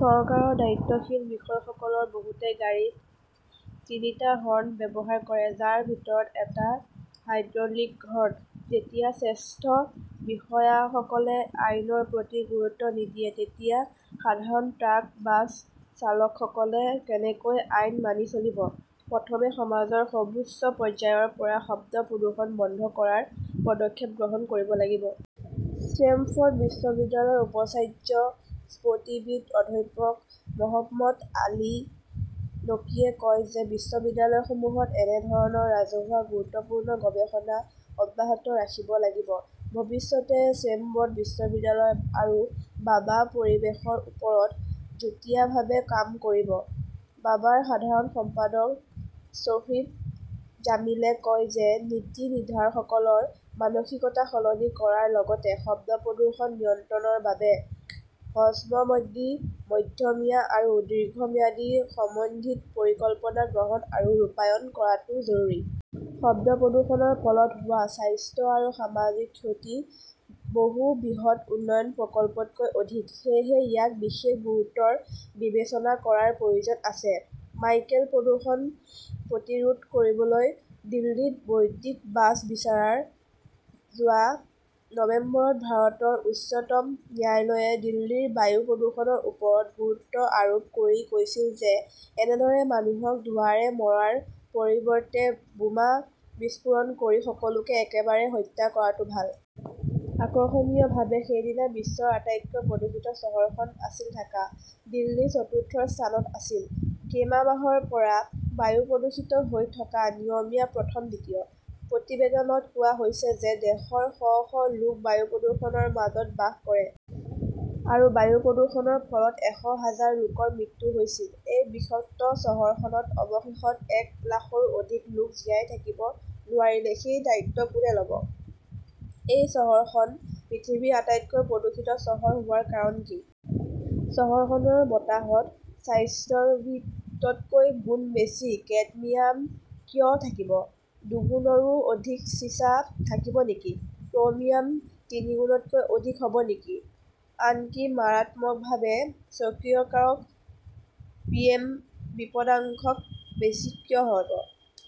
চৰকাৰৰ দায়িত্বশীল বিষয়াসকলৰ বহুতে গাড়ীত তিনিটা হৰ্ণ ব্যৱহাৰ কৰে, যাৰ ভিতৰত এটা হাইড্ৰলিক হৰ্ণ। যেতিয়া জ্যেষ্ঠ বিষয়াসকলে আইনৰ প্ৰতি গুৰুত্ব নিদিয়ে, তেতিয়া সাধাৰণ ট্ৰাক-বাছ চালকসকলে কেনেকৈ আইন মানি চলিব? প্ৰথমে সমাজৰ সৰ্বোচ্চ পৰ্যায়ৰ পৰা শব্দ প্ৰদূষণ বন্ধ কৰাৰ পদক্ষেপ গ্ৰহণ কৰিব লাগিব। ষ্টেমফৰ্ড বিশ্ববিদ্যালয়ৰ উপাচাৰ্য স্থপতিবিদ অধ্যাপক মহম্মদ আলী নকিয়ে কয় যে বিশ্ববিদ্যালয়সমূহত এনে ধৰণৰ ৰাজহুৱা গুৰুত্বপূৰ্ণ গৱেষণা অব্যাহত ৰাখিব লাগিব। ভৱিষ্যতে ষ্টেমফৰ্ড বিশ্ববিদ্যালয় আৰু বাবা পৰিৱেশৰ ওপৰত যুটীয়াভাৱে কাম কৰিব। বাবাৰ সাধাৰণ সম্পাদক শ্বৰীফ জামিলে কয় যে নীতি নিৰ্ধাৰকসকলৰ মানসিকতা সলনি কৰাৰ লগতে শব্দ প্ৰদূষণ নিয়ন্ত্ৰণৰ বাবে হ্ৰস্বম্যাদী, মধ্যমীয়া আৰু দীৰ্ঘম্যাদী সমন্বিত পৰিকল্পনা গ্ৰহণ আৰু ৰূপায়ণ কৰাটো জৰুৰী। শব্দ প্ৰদূষণৰ ফলত হোৱা স্বাস্থ্য আৰু সামাজিক ক্ষতি বহু বৃহৎ উন্নয়ন প্ৰকল্পতকৈ অধিক। সেয়েহে ইয়াক বিশেষ গুৰুত্বৰে বিবেচনা কৰাৰ প্ৰয়োজন আছে। মাৰ্কেলে প্ৰদূষণ প্ৰতিৰোধ কৰিবলৈ দিল্লীত বৈদ্যুতিক বাছ বিচাৰে যোৱা নৱেম্বৰত ভাৰতৰ উচ্চতম ন্যায়ালয়ে দিল্লীৰ বায়ু প্ৰদূষণৰ ওপৰত গুৰুত্ব আৰোপ কৰি কৈছিল যে এনেদৰে মানুহক ধোঁৱাৰে মৰাৰ পৰিৱৰ্তে বোমা বিস্ফোৰণ কৰি সকলোকে এবাৰত হত্যা কৰাটো ভাল। আকৰ্ষণীয়ভাৱে, সেইদিনা বিশ্বৰ আটাইতকৈ প্ৰদূষিত চহৰখন আছিল ঢাকা। দিল্লী চতুৰ্থ স্থানত আছিল। কেইমাহমানৰ পৰা বায়ু প্ৰদূষিত হৈ থকা নিয়মীয়া প্ৰথম-দ্বিতীয় । প্ৰতিবেদনত কোৱা হৈছে যে দেশৰ শ -শ লোক বায়ু প্ৰদূষণৰ মাজত বাস কৰে। আৰু বায়ু প্ৰদূষণৰ ফলত এশ হাজাৰ লোকৰ মৃত্যু হৈছিল। এই বিষাক্ত চহৰখনত অৱশেষত এক লাখৰো অধিক লোক জীয়াই থাকিব নোৱাৰিলে সেই দায়িত্ব কোনে ল'ব? এই চহৰখন পৃথিৱীৰ আটাইতকৈ প্ৰদূষিত চহৰ হোৱাৰ কাৰণ কি? চহৰখনৰ বতাহত স্বাভাৱিকতকৈ গুণ বেছি কেডমিয়াম কিয় থাকিব? দুগুণৰো অধিক চিছা থাকিব নেকি? ক্ৰমিয়াম তিনিগুণতকৈ অধিক হ'ব নেকি? আনকি মাৰাত্মকভাৱে ক্ষতিকাৰক 'পিএম বিপদাশংকাও বেছি কিয় হ'ব?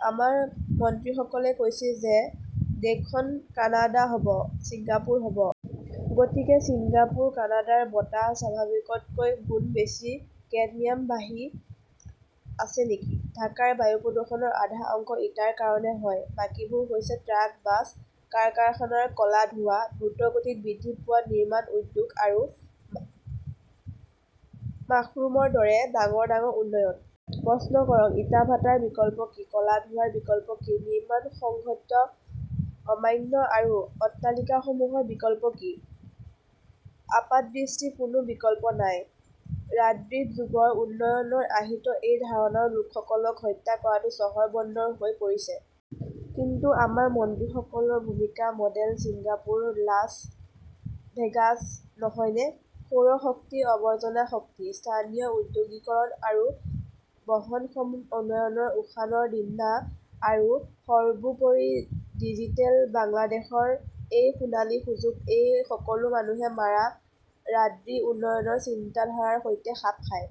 আমাৰ মন্ত্ৰীসকলে কৈছিল যে দেশখন কানাডা হ 'ব, ছিংগাপুৰ হ' ব। গতিকে ছিংগাপুৰ, কানাডাৰ বতাহত স্বাভাৱিকতকৈ গুণ বেছি কেডমিয়াম ভাহি আছে নেকি? ঢাকাৰ বায়ু প্ৰদূষণৰ আধা অংশ ইটাৰ কাৰণে হয়। বাকীবোৰ হৈছে ট্ৰাক, বাছ, কাৰখানাৰ ক'লা ধোঁৱা, দ্ৰুতগতিত বৃদ্ধি পোৱা নিৰ্মাণ উদ্যোগ, আৰু মাশৰুমৰ দৰে ডাঙৰ ডাঙৰ উন্নয়ন। প্ৰশ্ন কৰক, ইটাৰ ভাটাৰ বিকল্প কি? ক'লা ধোঁৱাৰ বিকল্প কি? নিৰ্মাণ সংহিতা অমান্য কৰা অট্টালিকাসমূহৰ বিকল্প কি? আপাতদৃষ্টিত কোনো বিকল্প নাই। ৰাড্ডী যুগৰ উন্নয়নৰ আৰ্হিত এই ধৰণৰ লোকসকলক হত্যা কৰাটো চহৰ-বন্দৰ হৈ পৰিছে। কিন্তু আমাৰ মন্ত্ৰীসকলৰ ভূমিকা মডেল ছিংগাপুৰ, লাছ ভেগাছ নহয়নে? সৌৰ শক্তি, আৱৰ্জনা শক্তি, স্থানীয় ঔদ্যোগিকৰণ আৰু বহনক্ষম উন্নয়নৰ উত্থানৰ দিনা আৰু সৰ্বোপৰি 'ডিজিটেল' বাংলাদেশৰ এই 'সোণালী যুগত' এই সকলো মানুহে মাৰা ৰাড্ডী উন্নয়নৰ চিন্তাধাৰাৰ সৈতে খাপ খায়?